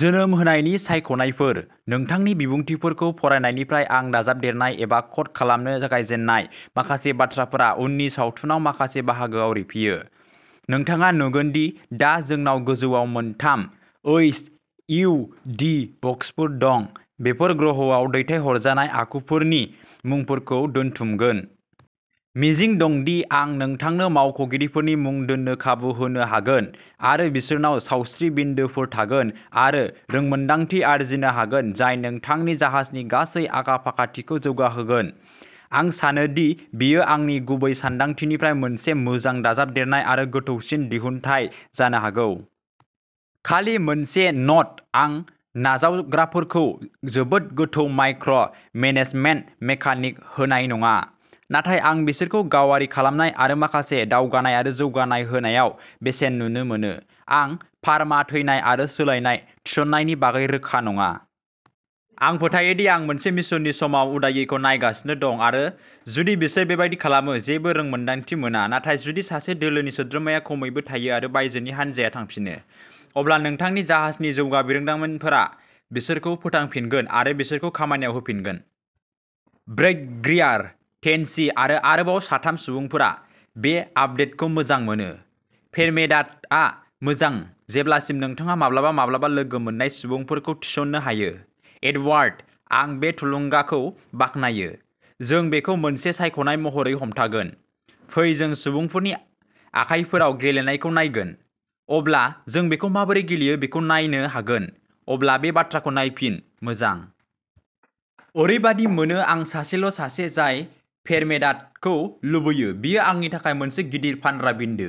जोनोम होनायनि सायख'नायफोर। नोंथांनि बिबुंथिफोरखौ फरायनायनिफ्राय आं दाजाबदेरनाय एबा क'ड खालामनो जागायजेन्नाय माखासे बाथ्राफोरा उननि सावथुनाव माखासे बाहागोआव रिफियो। नोंथाङा नुगोन दि दा जोंनाव गोजौआव मोनथाम ओइस इउ दि बक्सफोर दं। बेफोर ग्रहआव दैथायहरजानाय आखुफोरनि मुंफोरखौ दोनथुमगोन। मिजिं दं दि आं नोंथांनो मावख'गिरिफोरनि मुं दोन्नो खाबु होनो हागोन आरो बिसोरनाव सावस्रि बिन्दोफोर थागोन आरो रोंमोनदांथि आरजिनो हागोन जाय नोंथांनि जाहाजनि गासै आखा फाखाथिखौ जौगाहोगोन। आं सानोदि बेयो आंनि गुबै सानदांथिनिफ्राय मोनसे मोजां दाजाबदेरनाय आरो गोथौसिन दिहुनथाय जानो हागौ। खालि मोनसे न'ट आं नावजावग्राफोरखौ जोबोद गोथौ माइक्र' मेनेजमेन्ट मेकानिक होनाय नङा। नाथाय आं बिसोरखौ गावारि खालामनाय आरो माखासे दावगानाय आरो जौगानाय होनायाव बेसेन नुनो मोनो। आं पारमा थैनाय आरो सोलायनाय थिसननायनि बागै रोखा नङा। आं फोथायो दि आं मोनसे मिशननि समाव उदायैखौ नायगासिनो दं आरो जुदि बिसोर बेबादि खालामो। जेबो रोंमोन्दांथि मोना। नाथाय जुदि सासे दोलोनि सोद्रोमाया खमैबो थायो आरो बायजोनि हान्जाया थांफिनो, अब्ला नोंथांनि जाहाजनि जौगा बिरोंदामिनफोरा बिसोरखौ फोथांफिनगोन आरो बिसोरखौ खामानियाव होफिनगोन। ब्रैड ग्रियार, टेनसि, आरो आरोबाव साथाम सुबुंफोरा बे आपदेटखौ मोजां मोनो। पेरमेडाथआ मोजां, जेब्लासिम नोंथाङा माब्लाबा माब्लाबा लोगो मोन्नाय सुबुंफोरखौ थिसननो हायो। एडवार्ड, आं बे थुलुंगाखौ बाख्नायो, जों बेखौ मोनसे सायख'नाय महरै हमथागोन, फै जों सुबुंफोरनि आखायफोराव गेलेनायखौ नायगोन, अब्ला जों बेखौ माबोरै गेलेयो बेखौ नायनो हागोन, अब्ला बे बाथ्राखौ नायफिन, मोजां? ओरैबादि मोनो आं सासेल' सासे जाय पेरमेडाथखौ लुबैयो बेयो आंनि थाखाय मोनसे गिदिर फानग्रा बिन्दो,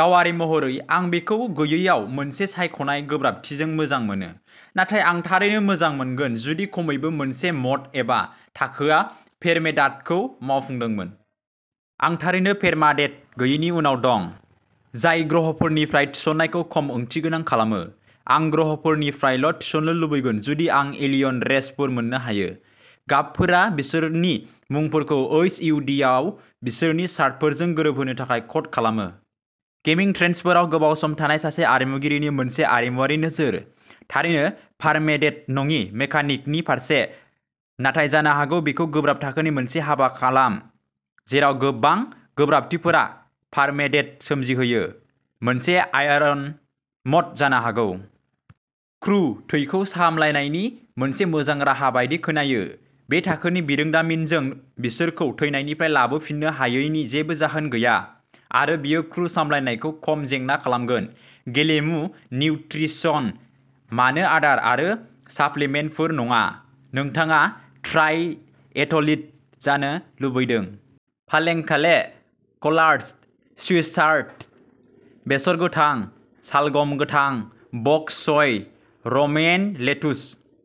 गावारि महरै। आं बेखौ गैयैयाव मोनसे सायख'नाय गोब्राबथिजों मोजां मोनो, नाथाय आं थारैनो मोजां मोनगोन जुदि खमैबो मोनसे म'ड एबा थाखोआ पेरमेडाथखौ मावफुन्दोंमोन। आं थारैनो पेरमाडेथ गैयिनि उनाव दं, जाय ग्रहफोरनिफ्राय थिसननायखौ खम ओंथिगोनां खालामो। आं ग्रहफोरनिफ्रायल' थिसननो लुबैगोन जुदि आं एलियन रेसफोर मोन्नो हायो। गाबफोरा बिसोरनि मुंफोरखौ ओइस इउ दिआव बिसोरनि शार्टफोरजों गोरोबहोनो थाखाय क'ड खालामो। गेमिं ट्रेन्चफोराव गोबाव सम थानाय सासे आरिमुगिरिनि मोनसे आरिमुआरि नोजोर। थारैनो पारमेडेथ नङि मेकानिकनि फारसे। नाथाय जानो हागौ बेखौ गोब्राब थाखोनि मोनसे हाबा खालाम, जेराव गोबां गोब्राबथिफोरा पारमेडेथ सोमजिहोयो, मोनसे आयरनम'ड जानो हागौ? क्रु थैखौ सामलायनायनि मोनसे मोजां राहा बायदि खोनायो। बे थाखोनि बिरोंदामिनजों बिसोरखौ थैनायनिफ्राय लाबोफिननो हायैनि जेबो जाहोन गैया, आरो बेयो क्रु सामलायनायखौ खम जेंना खालामगोन। गेलेमु निउट्रिसन मानो आदार आरो साप्लिमेन्टफोर नङा? नोंथाङा ट्रायएथलिट जानो लुबैदों? पालें काले, कलार्ड्स, स्विस चार्ड, बेसर गोथां, सालगम गोथां, बक च'य, र'मेइन लेतुस।